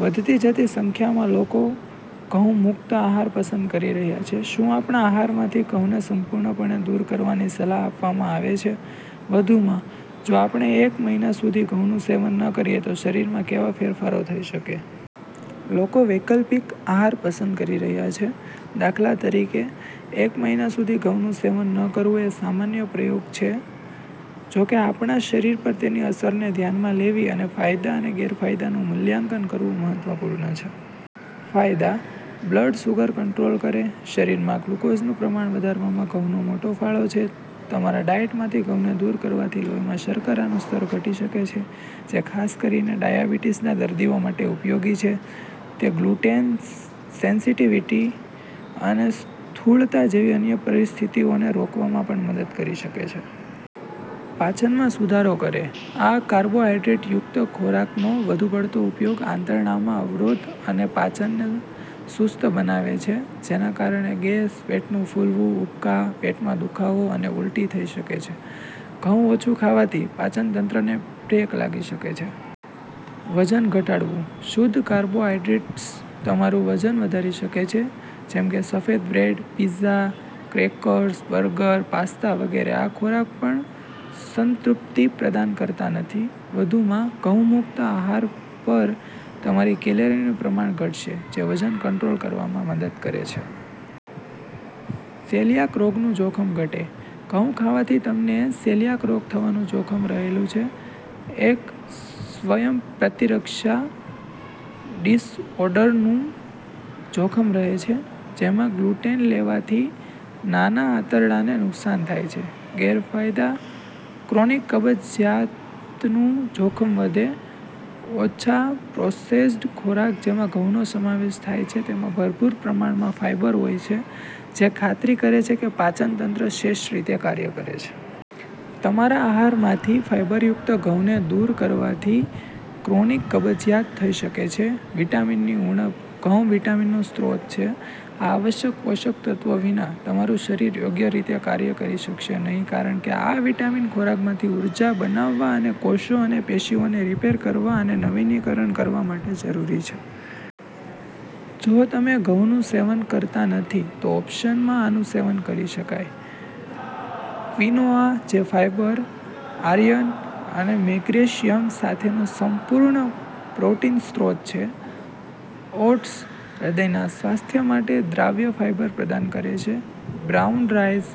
વધતી જતી સંખ્યામાં લોકો ઘઉં-મુક્ત આહાર પસંદ કરી રહ્યા છે. શું આપણા આહારમાંથી ઘઉંને સંપૂર્ણપણે દૂર કરવાની સલાહ આપવામાં આવે છે? વધુમાં, જો આપણે એક મહિના સુધી ઘઉંનું સેવન ન કરીએ તો શરીરમાં કેવા ફેરફારો થઈ શકે લોકો વૈકલ્પિક આહાર પસંદ કરી રહ્યા છે, દાખલા તરીકે, એક મહિના સુધી ઘઉંનું સેવન ન કરવું એ સામાન્ય પ્રયોગ છે. જો કે, આપણા શરીર પર તેની અસરને ધ્યાનમાં લેવી અને ફાયદા અને ગેરફાયદાનું મૂલ્યાંકન કરવું મહત્વપૂર્ણ છે. ફાયદા: બ્લડ સુગર કંટ્રોલ કરે, શરીરમાં ગ્લુકોઝનું પ્રમાણ વધારવામાં ઘઉંનો મોટો ફાળો છે. તમારા ડાયટમાંથી ઘઉંને દૂર કરવાથી લોહીમાં શર્કરાનું સ્તર ઘટી શકે છે, જે ખાસ કરીને ડાયાબિટીસના દર્દીઓ માટે ઉપયોગી છે. તે ગ્લુટેન સેન્સિટિવિટી અને સ્થૂળતા જેવી અન્ય પરિસ્થિતિઓને રોકવામાં પણ મદદ કરી શકે છે. પાચનમાં સુધારો કરે, આ કાર્બોહાઇડ્રેટયુક્ત ખોરાકનો વધુ પડતો ઉપયોગ આંતરડામાં અવરોધ અને પાચનને સુસ્ત બનાવે છે, જેના કારણે ગેસ, પેટનું ફૂલવું, ઉબકા, પેટમાં દુખાવો અને ઉલટી થઈ શકે છે. ઘઉં ઓછું ખાવાથી પાચનતંત્રને બ્રેક લાગી શકે છે. વજન ઘટાડવું, શુદ્ધ કાર્બોહાઇડ્રેટ્સ તમારું વજન વધારી શકે છે, જેમ કે સફેદ bread, pizza, crackers, burger, pasta વગેરે. આ ખોરાક પણ સંતૃપ્તિ પ્રદાન કરતા નથી. વધુમાં, ઘઉં-મુક્ત આહાર પર તમારી કેલરીનું પ્રમાણ ઘટશે, જે વજન કંટ્રોલ કરવામાં મદદ કરે છે. સેલિયાક રોગનું જોખમ ઘટે, ઘઉં ખાવાથી તમને સેલિયાક રોગ થવાનું જોખમ રહેલું છે, એક સ્વયંપ્રતિરક્ષા ડિસઓર્ડરનું જોખમ રહે છે, જેમાં ગ્લુટેન લેવાથી નાના આંતરડાને નુકસાન થાય છે. ગેરફાયદા:ક્રોનિક કબજિયાતનું જોખમ વધે, ઓછા પ્રોસેસ્ડ ખોરાક જેમાં ઘઉંનો સમાવેશ થાય છે તેમાં ભરપૂર પ્રમાણમાં ફાઇબર હોય છે, જે ખાતરી કરે છે કે પાચનતંત્ર શ્રેષ્ઠ રીતે કાર્ય કરે છે. તમારા આહારમાંથી ફાઈબરયુક્ત ઘઉંને દૂર કરવાથી ક્રોનિક કબજિયાત થઈ શકે છે. વિટામિન ની ઉણપ, ઘઉં વિટામિન નો સ્ત્રોત છે. આ આવશ્યક પોષક તત્ત્વો વિના, તમારું શરીર યોગ્ય રીતે કાર્ય કરી શકશે નહીં કારણ કે આ વિટામિન ખોરાકમાંથી ઊર્જા બનાવવા અને કોષો અને પેશીઓને રિપેર કરવા અને નવીનીકરણ કરવા માટે જરૂરી છે. જો તમે ઘઉંનું સેવન કરતા નથી તો ઓપ્શનમાં આનું સેવન કરી શકાય: ક્વિનોઆ જે ફાઇબર, આર્યન અને મેગ્રેશિયમ સાથેનો સંપૂર્ણ પ્રોટીન સ્ત્રોત છે, ઓટ્સ: હૃદયના સ્વાસ્થ્ય માટે દ્રાવ્ય ફાઇબર પ્રદાન કરે છે, બ્રાઉન રાઈસ: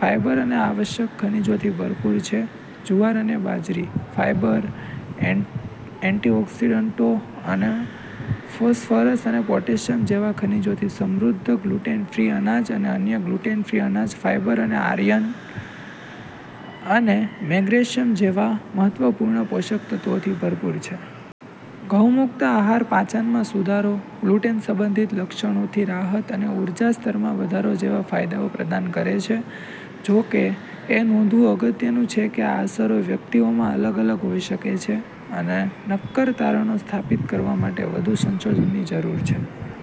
ફાઈબર અને આવશ્યક ખનિજોથી ભરપૂર છે, જુવાર અને બાજરી: ફાઇબર, એન એન્ટીઑકિસડન્ટો અને ફોસ્ફરસ અને પોટેશિયમ જેવા ખનિજોથી સમૃદ્ધ ગ્લુટેન ફ્રી અનાજ અને અન્ય ગ્લુટેન ફ્રી અનાજ ફાઇબર અને આર્યન અને મેગ્રેશિયમ જેવા મહત્વપૂર્ણ પોષક તત્વોથી ભરપૂર છે. ઘઉં-મુક્ત આહાર પાચનમાં સુધારો, ગ્લુટેન-સંબંધિત લક્ષણોથી રાહત અને ઉર્જા સ્તરમાં વધારો જેવા ફાયદાઓ પ્રદાન કરે છે. જો કે, એ નોંધવું અગત્યનું છે કે આ અસરો વ્યક્તિઓમાં અલગ અલગ હોઈ શકે છે, અને નક્કર તારણો સ્થાપિત કરવા માટે વધુ સંશોધનની જરૂર છે.